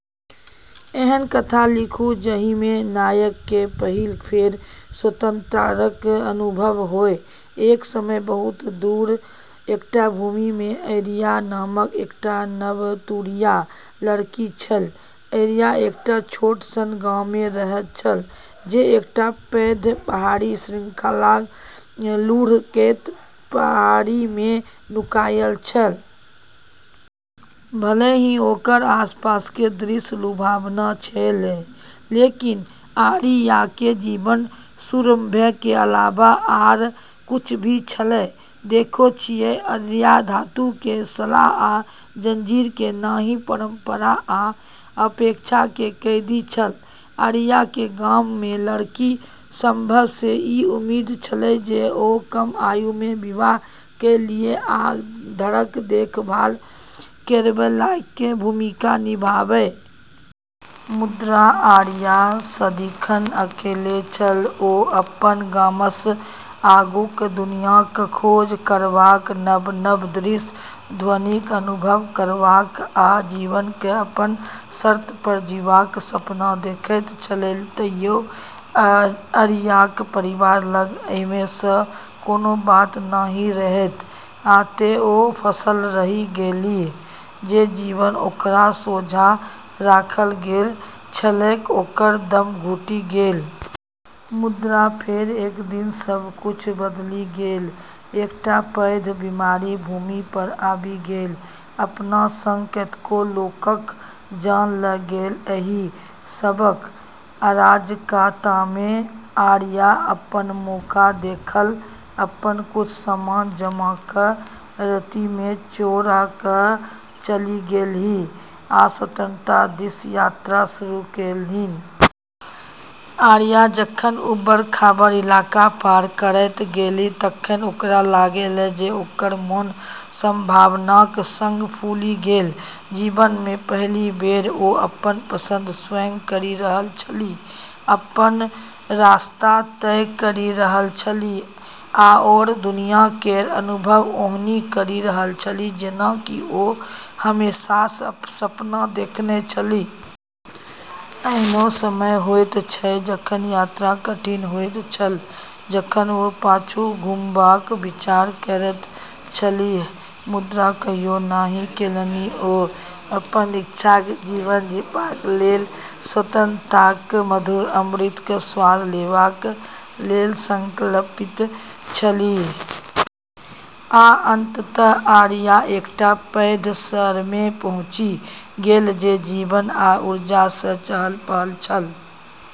एहन कथा लिखु जाहिमे नायककेँ पहिल बेर स्वतंत्रताक अनुभव होइ, एक समय बहुत दूर एकटा भूमिमे आरिया नामक एकटा नवतुरिया लड़की छल। आरिया एकटा छोट सन गाममे रहैत छल, जे एकटा पैघ पहाड़ी श्रृंखलाक लुढ़कैत पहाड़ीमे नुकायल छल। भले ही ओकर आसपासके दृश्य लुभावना छलै, लेकिन आरियाके जीवन सुरम्यके अलावा आर किछ भी छलै। देखै छियै, आरिया धातुके सलाख आ जंजीरके नहि, परंपरा आ अपेक्षाके कैदी छल। आरियाक गाममे लड़की सभसँ ई उम्मीद छलै जे ओ कम आयुमे विवाह क' लिए आ घरक देखभाल करैबलाकेँ भूमिका निभाबै । मुदा आरिया सदिखन अलगे छल; ओ अपन गामसँ आगूक दुनियाँक खोज करबाक, नव-नव दृश्य-ध्वनिक अनुभव करबाक, आ जीवनकेँ अपन शर्त पर जीबाक सपना देखैत छलीह तइयो आरियाक परिवार लग एहिमे सँ कोनो बात नहि रहैत, आ तें ओ फँसल रहि गेलीह, जे जीवन ओकरा सोझाँ राखल गेल छलैक, ओकर दम घुटि गेल। मुदा फेर, एक दिन, सब किछ बदलि गेल। एकटा पैघ बीमारी भूमि पर आबि गेल, अपना सङ्ग कतेको लोकक जान ल' गेल। एहि सबहक अराजकतामे आरिया अपन मौका देखलक। अपन किछ सामान जमा क' रातिमे चोरा क' चलि गेलीह आ स्वतंत्रता दिस यात्रा शुरू केलनि। आरिया जखन उबड़-खाबड़ इलाका पार करैत गेलीह तखन ओकरा लागलै जे ओकर मोन संभावनाक संग फूलि गेलै। जीवनमे पहिल बेर ओ अपन पसंद स्वयं करि रहल छली, अपन रस्ता तय करि रहल छली, आओर दुनिया केर अनुभव ओहिना करि रहल छली, जेना कि ओ हमेशासँ सपना देखने छली। एहनो समय होइत छल जखन यात्रा कठिन होइत छल, जखन ओ पाछू घुमबाक विचार करैत छलीह, मुदा कहियो नहि केलनि। ओ अपन इच्छाक जीवन जीबाक लेल, स्वतंत्रताक मधुर अमृतक स्वाद लेबाक लेल संकल्पित छलीह। आ, अंततः, आरिया एकटा पैघ शहरमे पहुँचि गेल, जे जीवन आ ऊर्जासँ चहल-पहल छल।